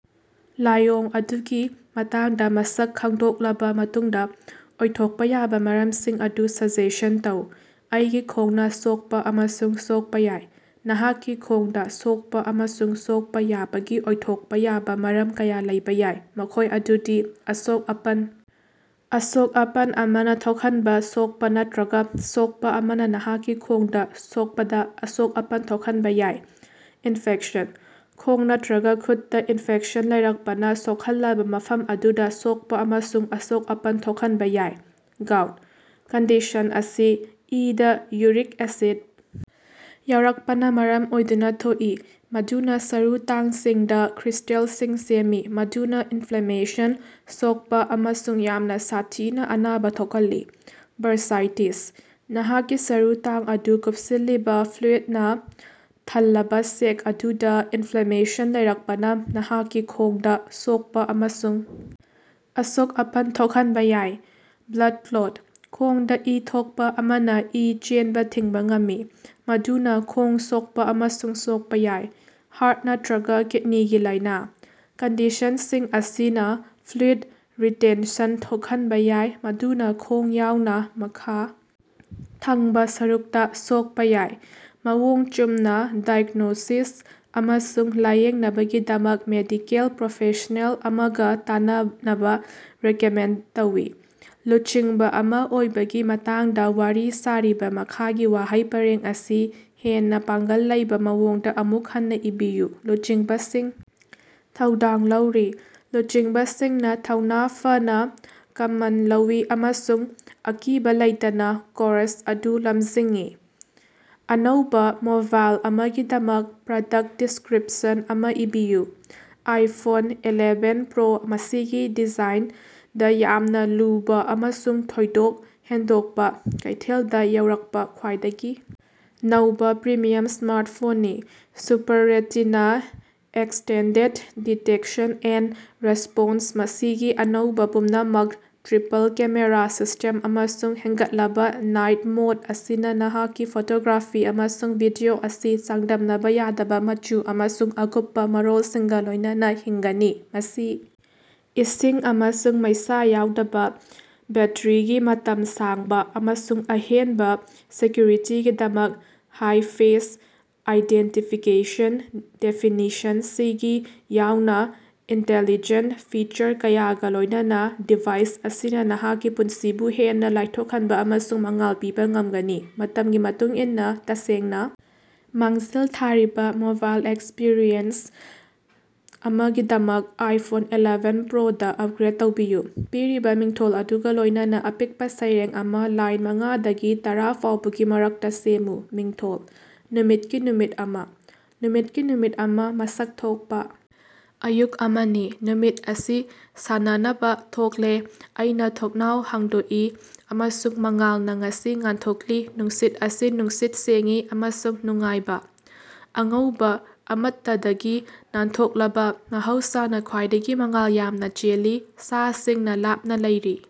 ꯂꯥꯏꯑꯣꯡ ꯑꯗꯨꯒꯤ ꯃꯇꯥꯡꯗ ꯃꯁꯛ ꯈꯪꯗꯣꯛꯂꯕ ꯃꯇꯨꯡꯗ, ꯑꯣꯏꯊꯣꯛꯄ ꯌꯥꯕ ꯃꯔꯝꯁꯤꯡ ꯑꯗꯨ ꯁꯖꯦꯁꯟ ꯇꯧ꯫ ꯑꯩꯒꯤ ꯈꯣꯡꯅ ꯁꯣꯛꯄ ꯑꯃꯁꯨꯡ ꯁꯣꯛꯄ ꯌꯥꯏ꯫ ꯅꯍꯥꯛꯀꯤ ꯈꯣꯡꯗ ꯁꯣꯛꯄ ꯑꯃꯁꯨꯡ ꯁꯣꯛꯄ ꯌꯥꯕꯒꯤ ꯑꯣꯏꯊꯣꯛꯄ ꯌꯥꯕ ꯃꯔꯝ ꯀꯌꯥ ꯂꯩꯕ ꯌꯥꯏ, ꯃꯈꯣꯏ ꯑꯗꯨꯗꯤ- ꯑꯁꯣꯛ-ꯑꯄꯟ: ꯑꯁꯣꯛ-ꯑꯄꯟ ꯑꯃꯅ ꯊꯣꯛꯍꯟꯕ ꯁꯣꯛꯄ ꯅꯠꯇ꯭ꯔꯒ ꯁꯣꯛꯄ ꯑꯃꯅ ꯅꯍꯥꯛꯀꯤ ꯈꯣꯡꯗ ꯁꯣꯀꯄꯗ ꯑꯁꯣꯛ-ꯑꯄꯟ ꯊꯣꯛꯍꯟꯕ ꯌꯥꯏ꯫ ꯏꯟꯐꯦꯛꯁꯟ: ꯈꯣꯡ ꯅꯠꯇ꯭ꯔꯒ ꯈꯨꯠꯇ ꯏꯟꯐꯦꯛꯁꯟ ꯂꯩꯔꯛꯄꯅ ꯁꯣꯛꯍꯜꯂꯕ ꯃꯐꯝ ꯑꯗꯨꯗ ꯁꯣꯛꯄ ꯑꯃꯁꯨꯡ ꯑꯁꯣꯛ-ꯑꯄꯟ ꯊꯣꯛꯍꯟꯕ ꯌꯥꯏ꯫ ꯒꯥꯎꯠ: ꯀꯟꯗꯤꯁꯟ ꯑꯁꯤ ꯏꯗ ꯌꯨꯔꯤꯛ ꯑꯦꯁꯤꯗ ꯌꯥꯎꯔꯛꯄꯅ ꯃꯔꯝ ꯑꯣꯏꯗꯨꯅ ꯊꯣꯛꯏ, ꯃꯗꯨꯅ ꯁꯔꯨ ꯇꯥꯡꯁꯤꯡꯗ ꯀ꯭ꯔꯤꯁꯇꯦꯜꯁꯤꯡ ꯁꯦꯝꯃꯤ, ꯃꯗꯨꯅ ꯏꯟꯐ꯭ꯂꯦꯃꯦꯁꯟ, ꯁꯣꯛꯄ ꯑꯃꯁꯨꯡ ꯌꯥꯝꯅ ꯁꯥꯊꯤꯅ ꯑꯅꯥꯕ ꯊꯣꯛꯍꯜꯂꯤ꯫ ꯕꯔꯁꯥꯏꯇꯤꯁ: ꯅꯍꯥꯛꯀꯤ ꯁꯔꯨ ꯇꯥꯡ ꯑꯗꯨ ꯀꯨꯞꯁꯤꯜꯂꯤꯕ ꯐ꯭ꯂꯨꯏꯗꯅ ꯊꯜꯂꯕ ꯁꯦꯛ ꯑꯗꯨꯗ ꯏꯅꯐ꯭ꯂꯦꯃꯦꯁꯟ ꯂꯩꯔꯛꯄꯅ ꯅꯍꯥꯛꯀꯤ ꯈꯣꯡꯗ ꯁꯣꯛꯄ ꯑꯃꯁꯨꯡ ꯑꯁꯣꯛ-ꯑꯄꯟ ꯊꯣꯛꯍꯟꯕ ꯌꯥꯏ꯫ ꯕ꯭ꯂꯗ ꯀ꯭ꯂꯣꯠ: ꯈꯣꯡꯗ ꯏ ꯊꯣꯛꯄ ꯑꯃꯅ ꯏ ꯆꯦꯟꯕ ꯊꯤꯡꯕ ꯉꯝꯃꯤ, ꯃꯗꯨꯅ ꯈꯣꯡ ꯁꯣꯛꯄ ꯑꯃꯁꯨꯡ ꯁꯣꯛꯄ ꯌꯥꯏ꯫ ꯍꯥꯔꯠ ꯅꯠꯇ꯭ꯔꯒ ꯀꯤꯗꯅꯤꯒꯤ ꯂꯥꯏꯅꯥ: ꯀꯟꯗꯤꯁꯟꯁꯤꯡ ꯑꯁꯤꯅ ꯐ꯭ꯂꯨꯏꯗ ꯔꯤꯇꯦꯟꯁꯟ ꯊꯣꯛꯍꯟꯕ ꯌꯥꯏ, ꯃꯗꯨꯅ ꯈꯣꯡ ꯌꯥꯎꯅ ꯃꯈ ꯊꯪꯕ ꯁꯔꯨꯛꯇ ꯁꯣꯛꯄ ꯌꯥꯏ꯫ ꯃꯑꯣꯡ ꯆꯨꯝꯅ ꯗꯥꯏꯒꯅꯣꯁꯤꯁ ꯑꯃꯁꯨꯡ ꯂꯥꯏꯌꯦꯡꯅꯕꯒꯤꯗꯃꯛ ꯃꯦꯗꯤꯀꯦꯜ ꯄ꯭ꯔꯣꯐꯦꯁꯅꯦꯜ ꯑꯃꯒ ꯇꯥꯟꯅꯅꯕ ꯔꯦꯀꯃꯦꯟꯗ ꯇꯧꯏ꯫ ꯂꯨꯆꯤꯡꯕ ꯑꯃ ꯑꯣꯏꯕꯒꯤ ꯃꯇꯥꯡꯗ ꯋꯥꯔꯤ ꯁꯥꯔꯤꯕ ꯃꯈꯥꯒꯤ ꯋꯥꯍꯩ ꯄꯔꯦꯡ ꯑꯁꯤ ꯍꯦꯟꯅ ꯄꯥꯡꯒꯜ ꯂꯩꯕ ꯃꯑꯣꯡꯗ ꯑꯃꯨꯛ ꯍꯟꯅ ꯏꯕꯤꯌꯨ꯫ ꯂꯨꯆꯤꯡꯕꯁꯤꯡꯅ ꯊꯧꯗꯥꯡ ꯂꯧꯔꯤ꯫ ꯂꯨꯆꯤꯡꯕꯁꯤꯡꯅ ꯊꯧꯅꯥ ꯐꯅ ꯀꯝꯃꯟ ꯂꯧꯏ ꯑꯃꯁꯨꯡ ꯑꯀꯤꯕ ꯂꯩꯇꯅ ꯀꯣꯔꯁ ꯑꯗꯨ ꯂꯝꯖꯤꯡꯏ꯫ ꯑꯅꯧꯕ ꯃꯣꯕꯥꯏꯜ ꯑꯃꯒꯤꯗꯃꯛ ꯄ꯭ꯔꯗꯛ ꯗꯤꯁꯀ꯭ꯔꯤꯞꯁꯟ ꯑꯃ ꯏꯕꯤꯌꯨ꯫ ꯑꯥꯏꯐꯣꯟ ꯑꯦꯂꯦꯕꯦꯟ ꯄ꯭ꯔꯣ, ꯃꯁꯤꯒꯤ ꯗꯤꯖꯥꯏꯟꯗ ꯌꯥꯝꯅ ꯂꯨꯕ ꯑꯃꯁꯨꯡ ꯊꯣꯏꯗꯣꯛ ꯍꯦꯟꯗꯣꯛꯄ, ꯀꯩꯊꯦꯜꯗ ꯌꯧꯔꯛꯄ ꯈ꯭ꯋꯥꯏꯗꯒꯤ ꯅꯧꯕ ꯄ꯭ꯔꯤꯃꯤꯌꯝ ꯁ꯭ꯃꯥꯔꯠꯐꯣꯟꯅꯤ꯫ Super retina extended detection and response ꯃꯁꯤꯒꯤ ꯑꯅꯧꯕ ꯄꯨꯝꯅꯃꯛ ꯇ꯭ꯔꯤꯄꯜ-ꯀꯦꯃꯦꯔꯥ ꯁꯤꯁ꯭ꯇꯦꯝ ꯑꯃꯁꯨꯡ ꯍꯦꯟꯒꯠꯂꯕ ꯅꯥꯏꯠ ꯃꯣꯗ ꯑꯁꯤꯅ ꯅꯍꯥꯛꯀꯤ ꯐꯣꯇꯣꯒ꯭ꯔꯥꯐꯤ ꯑꯃꯁꯨꯡ ꯚꯤꯗꯤꯑꯣ ꯑꯁꯤ ꯆꯥꯡꯗꯝꯅꯕ ꯌꯥꯗꯕ ꯃꯆꯨ ꯑꯃꯁꯨꯡ ꯑꯀꯨꯞꯄ ꯃꯔꯣꯜꯁꯤꯡꯒ ꯂꯣꯏꯅꯅ ꯍꯤꯡꯒꯅꯤ꯫ ꯃꯁꯤ ꯏꯁꯤꯡ ꯑꯃꯁꯨꯡ ꯃꯩꯁꯥ ꯌꯥꯎꯗꯕ, ꯕꯦꯠꯇꯔꯤꯒꯤ ꯃꯇꯝ ꯁꯥꯡꯕ, ꯑꯃꯁꯨꯡ ꯑꯍꯦꯟꯕ ꯁꯦꯀ꯭ꯌꯨꯔꯤꯇꯤꯒꯤꯗꯃꯛ ꯍꯥꯏ- ꯐꯦꯁ ꯑꯥꯏꯗꯦꯟꯇꯤꯐꯤꯀꯦꯁꯟ ꯗꯦꯐꯤꯅꯤꯁꯟꯁꯤꯔꯤ ꯌꯥꯎꯅ ꯏꯟꯇꯦꯂꯤꯖꯦꯟꯇ ꯐꯤꯆꯔ ꯀꯌꯥꯒ ꯂꯣꯏꯅꯅ ꯗꯤꯚꯥꯏꯁ ꯑꯁꯤꯅ ꯅꯍꯥꯛꯀꯤ ꯄꯨꯟꯁꯤꯕꯨ ꯍꯦꯟꯅ ꯂꯥꯏꯊꯣꯛꯍꯟꯕ ꯑꯃꯁꯨꯡ ꯃꯉꯥꯜ ꯄꯤꯕ ꯉꯝꯒꯅꯤ꯫ ꯃꯇꯝꯒꯤ ꯃꯇꯨꯡ ꯏꯟꯅ ꯇꯁꯦꯡꯅ ꯃꯥꯡꯖꯤꯜ ꯊꯥꯔꯤꯕ ꯃꯣꯕꯥꯏꯜ ꯑꯦꯛꯁꯄꯤꯔꯤꯑꯦꯟꯁ ꯑꯃꯒꯤꯗꯃꯛ ꯑꯥꯏꯐꯣꯟ ꯑꯦꯂꯦꯕꯦꯟ ꯄ꯭ꯔꯣꯗ ꯑꯞꯒ꯭ꯔꯦꯗ ꯇꯧꯕꯤꯌꯨ꯫ ꯄꯤꯔꯤꯕ ꯃꯤꯡꯊꯣꯜ ꯑꯗꯨꯒ ꯂꯣꯏꯅꯅ ꯑꯄꯤꯛꯄ ꯁꯩꯔꯦꯡ ꯑꯃ ꯂꯥꯏꯟ ꯃꯉꯥ ꯗꯒꯤ ꯇꯔꯥ ꯐꯥꯎꯕꯒꯤ ꯃꯔꯛꯇ ꯁꯦꯃꯃꯨ꯫ ꯃꯤꯡꯊꯣꯜ: ꯅꯨꯃꯤꯠꯀꯤ ꯅꯨꯃꯤꯠ ꯑꯃ꯫ ꯅꯨꯃꯤꯠꯀꯤ ꯅꯨꯃꯤꯠ ꯑꯃ ꯃꯁꯛ ꯊꯣꯛꯄ ꯑꯌꯨꯛ ꯑꯃꯅꯤ, ꯅꯨꯃꯤꯠ ꯑꯁꯤ ꯁꯥꯟꯅꯅꯕ ꯊꯣꯛꯂꯦ ꯑꯩꯅ ꯊꯣꯡꯅꯥꯎ ꯍꯥꯡꯗꯣꯛꯏ, ꯑꯃꯁꯨꯡ ꯃꯉꯥꯜꯅ ꯉꯁꯤ ꯉꯥꯟꯊꯣꯛꯂꯤ ꯅꯨꯡꯁꯤꯠ ꯑꯁꯤ ꯅꯨꯡꯁꯤꯠ ꯁꯦꯡꯏ ꯑꯃꯁꯨꯡ ꯅꯨꯡꯉꯥꯏꯕ, ꯑꯉꯧꯕ ꯑꯃꯠꯇꯗꯒꯤ ꯅꯥꯟꯊꯣꯛꯂꯕ ꯃꯍꯧꯁꯥꯅ ꯈ꯭ꯋꯥꯏꯗꯒꯤ ꯃꯉꯥꯜ ꯌꯥꯝꯅ ꯆꯦꯜꯂꯤ, ꯁꯥꯁꯤꯡꯅ ꯂꯥꯞꯅ ꯂꯩꯔꯤ꯫